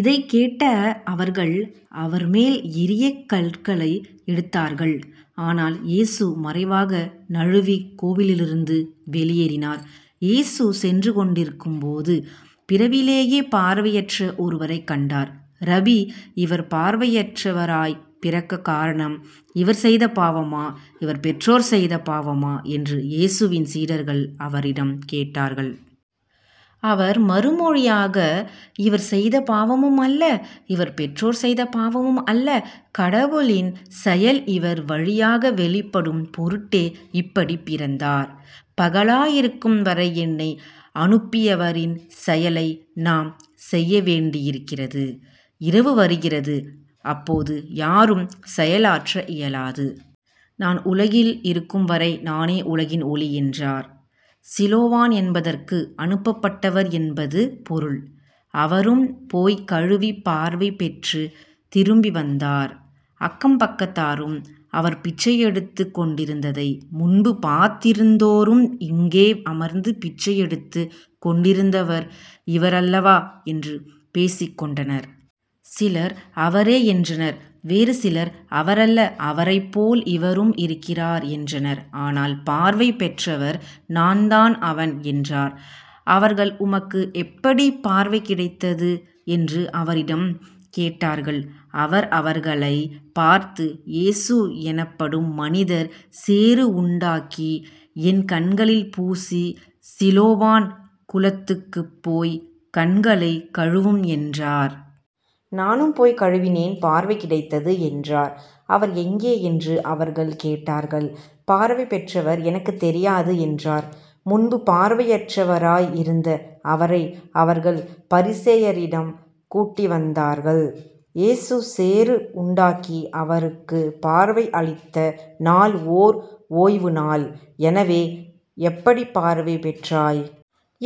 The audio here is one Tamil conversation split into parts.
இதைக் கேட்ட அவர்கள் அவர்மேல் எறியக் கற்களை எடுத்தார்கள். ஆனால் இயேசு மறைவாக நழுவிக் கோவிலிலிருந்து வெளியேறினார். இயேசு சென்றுகொண்டிருக்கும்போது பிறவிலேயே பார்வையற்ற ஒருவரைக் கண்டார். ரபி இவர் பார்வையற்றவராய்ப் பிறக்கக் காரணம் இவர் செய்த பாவமா? இவர் பெற்றோர் செய்த பாவமா? என்று இயேசுவின் சீடர்கள் அவரிடம் கேட்டார்கள். அவர் மறுமொழியாக இவர் செய்த பாவமும் அல்ல இவர் பெற்றோர் செய்த பாவமும் அல்ல கடவுளின் செயல் இவர் வழியாக வெளிப்படும் பொருட்டே இப்படிப் பிறந்தார். பகலாய் இருக்கும் வரை என்னை அனுப்பியவரின் செயலை நாம் செய்ய வேண்டியிருக்கிறது. இரவு வருகிறது. அப்போது யாரும் செயலாற்ற இயலாது. நான் உலகில் இருக்கும்வரை நானே உலகின் ஒளி என்றார். சிலோவாம் என்பதற்கு அனுப்பப்பட்டவர் என்பது பொருள். அவரும் போய்க் கழுவிப் பார்வை பெற்றுத் திரும்பி வந்தார். அக்கம் பக்கத்தாரும் அவர் பிச்சையெடுத்துக் கொண்டிருந்ததை முன்பு பார்த்திருந்தோரும் இங்கே அமர்ந்து பிச்சையெடுத்துக் கொண்டிருந்தவர் இவர் அல்லவா? என்று பேசிக்கொண்டனர். சிலர் அவரே என்றனர் வேறு சிலர் அவரல்ல அவரைப் போல் இவரும் இருக்கிறார் என்றனர். ஆனால் பார்வை பெற்றவர் நான்தான் அவன் என்றார். அவர்கள் உமக்கு எப்படிப் பார்வை கிடைத்தது? என்று அவரிடம் கேட்டார்கள். அவர் அவர்களைப் பார்த்து இயேசு எனப்படும் மனிதர் சேறு உண்டாக்கி என் கண்களில் பூசி சிலோவாம் குளத்துக்குப் போய்க் கண்களைக் கழுவும் என்றார். நானும் போய்க் கழுவினேன் பார்வை கிடைத்தது என்றார். அவர் எங்கே? என்று அவர்கள் கேட்டார்கள். பார்வை பெற்றவர் எனக்குத் தெரியாது என்றார். முன்பு பார்வையற்றவராய் இருந்த அவரை அவர்கள் பரிசேயரிடம் கூட்டிவந்தார்கள். இயேசு சேறு உண்டாக்கி அவருக்குப் பார்வை அளித்த நாள் ஓர் ஓய்வுநாள். எனவே எப்படிப் பார்வை பெற்றாய்?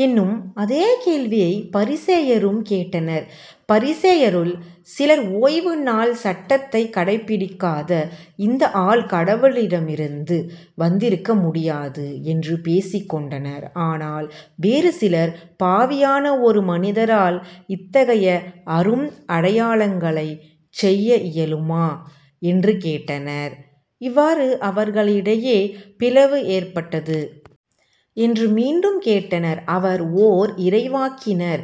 என்னும் அதே கேள்வியைப் பரிசேயரும் கேட்டனர். பரிசேயருள் சிலர் ஓய்வுநாள் சட்டத்தைக் கடைப்பிடிக்காத இந்த ஆள் கடவுளிடமிருந்து வந்திருக்க முடியாது என்று பேசிக் கொண்டனர். ஆனால் வேறு சிலர் பாவியான ஒரு மனிதரால் இத்தகைய அரும் அடையாளங்களைச் செய்ய இயலுமா? என்று கேட்டனர். இவ்வாறு அவர்களிடையே பிளவு ஏற்பட்டது. என்று மீண்டும் கேட்டனர். அவர் ஓர் இறைவாக்கினர்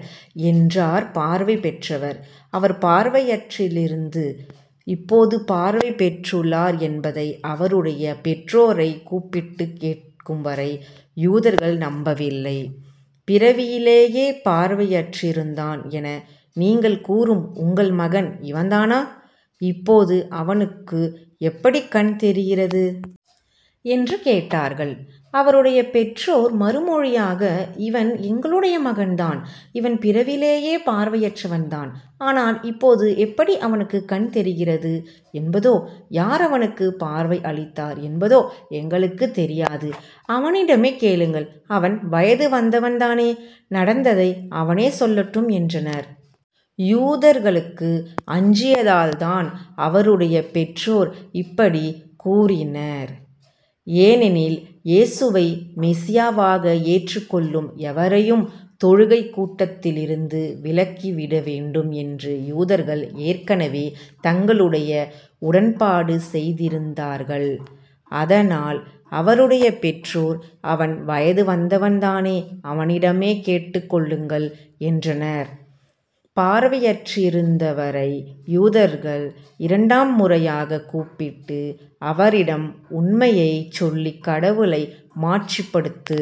என்றார் பார்வை பெற்றவர். அவர் பார்வையற்றிருந்து இப்போது பார்வை பெற்றுள்ளார் என்பதை அவருடைய பெற்றோரைக் கூப்பிட்டுக் கேட்கும்வரை யூதர்கள் நம்பவில்லை. பிறவியிலேயே பார்வையற்றிருந்தான் என நீங்கள் கூறும் உங்கள் மகன் இவன்தானா? இப்போது இவனுக்கு எப்படிக் கண் தெரிகிறது? என்று கேட்டார்கள். அவருடைய பெற்றோர் மறுமொழியாக இவன் எங்களுடைய மகன்தான். இவன் பிறவியிலேயே பார்வையற்றவன்தான். ஆனால் இப்போது எப்படி அவனுக்குக் கண் தெரிகிறது என்பதோ யார் அவனுக்குப் பார்வை அளித்தார் என்பதோ எங்களுக்குத் தெரியாது. அவனிடமே கேளுங்கள். அவன் வயது வந்தவன் தானே. நடந்ததை அவனே சொல்லட்டும் என்றனர். யூதர்களுக்கு அஞ்சியதால்தான் அவருடைய பெற்றோர் இப்படிக் கூறினர். ஏனெனில் இயேசுவை மெசியாவாக ஏற்றுக் கொள்ளும் எவரையும் தொழுகைக்கூடத்திலிருந்து விலக்கிவிடவேண்டும் என்று யூதர்கள் ஏற்கெனவே தங்களிடையே உடன்பாடு செய்திருந்தார்கள். அதனால் அவருடைய பெற்றோர் அவன் வயதுவந்தவன் தானே. அவனிடமே கேட்டுக்கொள்ளுங்கள் என்றனர். பார்வையற்றிருந்தவரை யூதர்கள் இரண்டாம் முறையாகக் கூப்பிட்டு அவரிடம் உண்மையைச் சொல்லிக் கடவுளை மாட்சிப்படுத்து.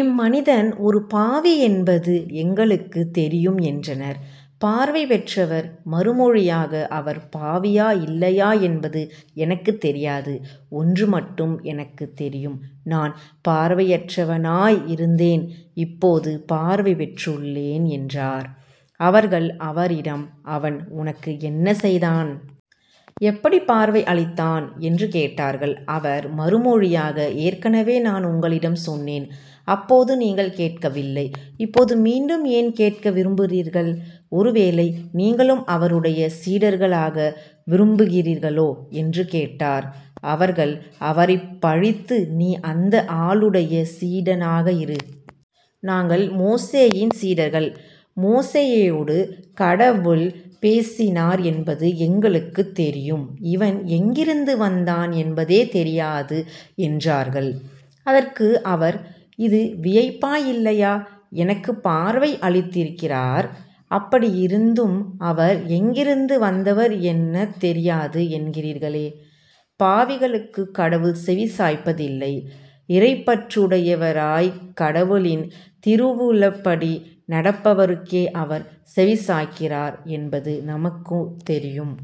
இம்மனிதன் ஒரு பாவி என்பது எங்களுக்குத் தெரியும் என்றனர். பார்வை பெற்றவர் மறுமொழியாக அவர் பாவியா இல்லையா என்பது எனக்குத் தெரியாது. ஒன்று மட்டும் எனக்குத் தெரியும் நான் பார்வையற்றவனாய் இருந்தேன் இப்போது பார்வை பெற்றுள்ளேன் என்றார். அவர்கள் அவரிடம் அவன் உனக்கு என்ன செய்தான்? எப்படிப் பார்வை அளித்தான்? என்று கேட்டார்கள். அவர் மறுமொழியாக ஏற்கெனவே நான் உங்களிடம் சொன்னேன். அப்போது நீங்கள் கேட்கவில்லை. இப்போது மீண்டும் ஏன் கேட்க விரும்புகிறீர்கள்? ஒரு வேளை நீங்களும் அவருடைய சீடர்கள் ஆக விரும்புகிறீர்களோ? என்று கேட்டார். அவர்கள் அவரைப் பழித்து நீ அந்த ஆளுடைய சீடனாக இரு. நாங்கள் மோசேயின் சீடர்கள். மோசேயோடு கடவுள் பேசினார் என்பது எங்களுக்குத் தெரியும் இவன் எங்கிருந்து வந்தான் என்பதே தெரியாது என்றார்கள். அதற்கு அவர் இது வியப்பாய் இல்லையா? எனக்குப் பார்வை அளித்திருக்கிறார் அப்படியிருந்தும் அவர் எங்கிருந்து வந்தவர் எனத் தெரியாது என்கிறீர்களே. பாவிகளுக்குக் கடவுள் செவிசாய்ப்பதில்லை இறைப்பற்றுடையவராய்க் கடவுளின் திருவுளப்படி நடப்பவருக்கே அவர் செவி சாய்க்கிறார் என்பது நமக்குத் தெரியும்.